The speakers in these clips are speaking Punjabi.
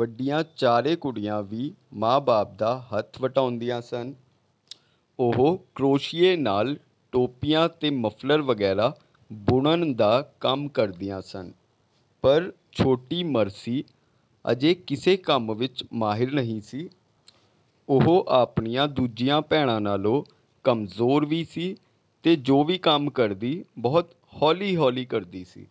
ਵੱਡੀਆਂ ਚਾਰੇ ਕੁੜੀਆਂ ਵੀ ਮਾਂ-ਬਾਪ ਦਾ ਹੱਥ ਵਟਾਉਂਦੀਆਂ ਸਨ। ਉਹ ਕਰੋਸ਼ੀਏ ਨਾਲ ਟੋਪੀਆਂ ਤੇ ਮਫ਼ਲਰ ਵਗੈਰਾ ਬੁਣਨ ਦਾ ਕੰਮ ਕਰਦੀਆਂ ਸਨ, ਪਰ ਛੋਟੀ ਮਰਸੀ ਅਜੇ ਕਿਸੇ ਕੰਮ ਵਿੱਚ ਮਾਹਿਰ ਨਹੀਂ ਸੀ। ਉਹ ਆਪਣੀਆਂ ਦੂਜੀਆਂ ਭੈਣਾਂ ਨਾਲੋਂ ਕਮਜ਼ੋਰ ਵੀ ਸੀ ਤੇ ਜੋ ਵੀ ਕੰਮ ਕਰਦੀ, ਬਹੁਤ ਹੌਲੀ-ਹੌਲੀ ਕਰਦੀ ਸੀ।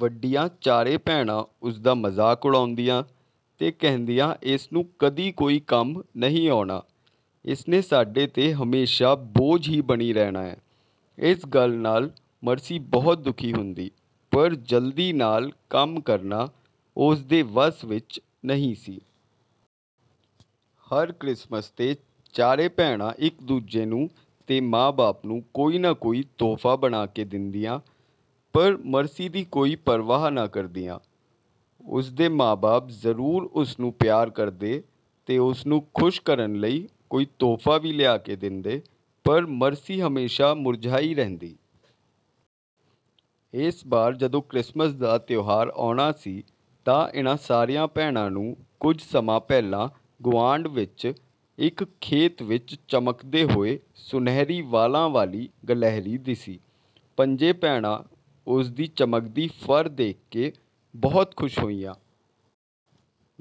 ਵੱਡੀਆਂ ਚਾਰੇ ਭੈਣਾਂ ਉਸ ਦਾ ਮਜ਼ਾਕ ਉਡਾਉਂਦੀਆਂ ਤੇ ਕਹਿੰਦੀਆਂ, “ਇਸ ਨੂੰ ਕਦੀ ਕੋਈ ਕੰਮ ਨਹੀਂ ਆਉਣਾ। ਇਸ ਨੇ ਸਾਡੇ ’ਤੇ ਹਮੇਸ਼ਾਂ ਬੋਝ ਹੀ ਬਣੀ ਰਹਿਣਾ ਹੈ।”ਇਸ ਗੱਲ ਨਾਲ ਮਰਸੀ ਬਹੁਤ ਦੁਖੀ ਹੁੰਦੀ, ਪਰ ਜਲਦੀ ਨਾਲ ਕੰਮ ਕਰਨਾ ਉਸ ਦੇ ਵੱਸ ਵਿੱਚ ਨਹੀਂ ਸੀ। ਹਰ ਕ੍ਰਿਸਮਸ ’ਤੇ ਚਾਰੇ ਭੈਣਾਂ ਇੱਕ-ਦੂਜੇ ਨੂੰ ਤੇ ਮਾਂ-ਬਾਪ ਨੂੰ ਕੋਈ ਨਾ ਕੋਈ ਤੋਹਫ਼ਾ ਬਣਾ ਕੇ ਦਿੰਦੀਆਂ, ਪਰ ਮਰਸੀ ਦੀ ਕੋਈ ਪਰਵਾਹ ਨਾ ਕਰਦੀਆਂ। ਉਸ ਦੇ ਮਾਂ-ਬਾਪ ਜ਼ਰੂਰ ਉਸ ਨੂੰ ਪਿਆਰ ਕਰਦੇ ਤੇ ਉਸ ਨੂੰ ਖ਼ੁਸ਼ ਕਰਨ ਲਈ ਕੋਈ ਤੋਹਫ਼ਾ ਵੀ ਲਿਆ ਕੇ ਦਿੰਦੇ, ਪਰ ਮਰਸੀ ਹਮੇਸ਼ਾਂ ਮੁਰਝਾਈ ਰਹਿੰਦੀ। ਇਸ ਵਾਰ ਜਦੋਂ ਕ੍ਰਿਸਮਸ ਦਾ ਤਿਉਹਾਰ ਆਉਣਾ ਸੀ ਤਾਂ ਇਨ੍ਹਾਂ ਸਾਰੀਆਂ ਭੈਣਾਂ ਨੂੰ ਕੁਝ ਸਮਾਂ ਪਹਿਲਾਂ ਗੁਆਂਢ ਵਿੱਚ ਇੱਕ ਖੇਤ ਵਿੱਚ ਚਮਕਦੇ ਹੋਏ ਸੁਨਹਿਰੀ ਵਾਲਾਂ ਵਾਲੀ ਗਲਹਿਰੀ ਦਿਸੀ। ਪੰਜੇ ਭੈਣਾਂ ਉਸ ਦੀ ਚਮਕਦੀ ਫ਼ਰ ਦੇਖ ਕੇ ਬਹੁਤ ਖ਼ੁਸ਼ ਹੋਈਆਂ।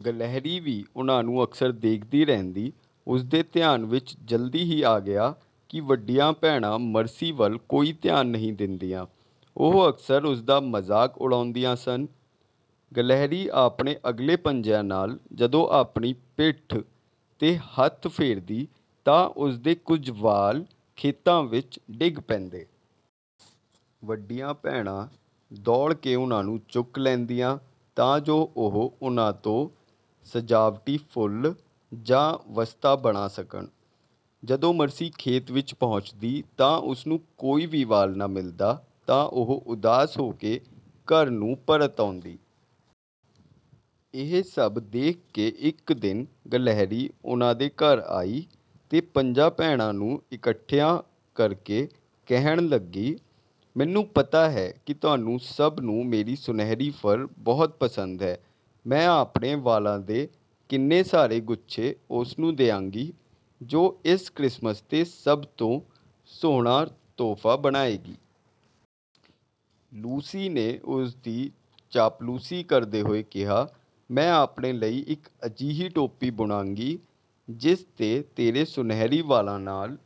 ਗਲਹਿਰੀ ਵੀ ਉਨ੍ਹਾਂ ਨੂੰ ਅਕਸਰ ਦੇਖਦੀ ਰਹਿੰਦੀ। ਉਸ ਦੇ ਧਿਆਨ ਵਿੱਚ ਜਲਦੀ ਹੀ ਆ ਗਿਆ ਕਿ ਵੱਡੀਆਂ ਭੈਣਾਂ ਮਰਸੀ ਵੱਲ ਕੋਈ ਧਿਆਨ ਨਹੀਂ ਦਿੰਦੀਆਂ। ਉਹ ਅਕਸਰ ਉਸ ਦਾ ਮਜ਼ਾਕ ਉਡਾਉਂਦੀਆਂ ਸਨ। ਗਲਹਿਰੀ ਆਪਣੇ ਅਗਲੇ ਪੰਜਿਆਂ ਨਾਲ ਜਦੋਂ ਆਪਣੀ ਪਿੱਠ ’ਤੇ ਹੱਥ ਫੇਰਦੀ ਤਾਂ ਉਸ ਦੇ ਕੁਝ ਵਾਲ ਖੇਤਾਂ ਵਿੱਚ ਡਿੱਗ ਪੈਂਦੇ। ਵੱਡੀਆਂ ਭੈਣਾਂ ਦੌੜ ਕੇ ਉਨ੍ਹਾਂ ਨੂੰ ਚੁੱਕ ਲੈਂਦੀਆਂ ਤਾਂ ਜੋ ਉਹ ਉਨ੍ਹਾਂ ਤੋਂ ਸਜਾਵਟੀ ਫੁੱਲ ਜਾਂ ਵਸਤਾਂ ਬਣਾ ਸਕਣ। ਜਦੋਂ ਮਰਸੀ ਖੇਤ ਵਿੱਚ ਪਹੁੰਚਦੀ ਤਾਂ ਉਸ ਨੂੰ ਕੋਈ ਵੀ ਵਾਲ ਨਾ ਮਿਲਦਾ, ਤਾਂ ਉਹ ਉਦਾਸ ਹੋ ਕੇ ਘਰ ਨੂੰ ਪਰਤ ਆਉਂਦੀ। ਇਹ ਸਭ ਦੇਖ ਕੇ ਇੱਕ ਦਿਨ ਗਲਹਿਰੀ ਉਨ੍ਹਾਂ ਦੇ ਘਰ ਆਈ ਤੇ ਪੰਜਾਂ ਭੈਣਾਂ ਨੂੰ ਇਕੱਠਿਆਂ ਕਰਕੇ ਕਹਿਣ ਲੱਗੀ, “ਮੈਨੂੰ ਪਤਾ ਹੈ ਕਿ ਤੁਹਾਨੂੰ ਸਭ ਨੂੰ ਮੇਰੀ ਸੁਨਹਿਰੀ ਫ਼ਰ ਬਹੁਤ ਪਸੰਦ ਹੈ। ਮੈਂ ਆਪਣੇ ਵਾਲਾਂ ਦੇ ਕਿੰਨੇ ਸਾਰੇ ਗੁੱਛੇ ਉਸ ਨੂੰ ਦਿਆਂਗੀ, ਜੋ ਇਸ ਕ੍ਰਿਸਮਸ ’ਤੇ ਸਭ ਤੋਂ ਸੋਹਣਾ ਤੋਹਫ਼ਾ ਬਣਾਏਗੀ।” ਲੂਸੀ ਨੇ ਉਸ ਦੀ ਚਾਪਲੂਸੀ ਕਰਦੇ ਹੋਏ ਕਿਹਾ, “ਮੈਂ ਆਪਣੇ ਲਈ ਇੱਕ ਅਜਿਹੀ ਟੋਪੀ ਬੁਣਾਂਗੀ, ਜਿਸ ’ਤੇ ਤੇਰੇ ਸੁਨਹਿਰੀ ਵਾਲਾਂ ਨਾਲ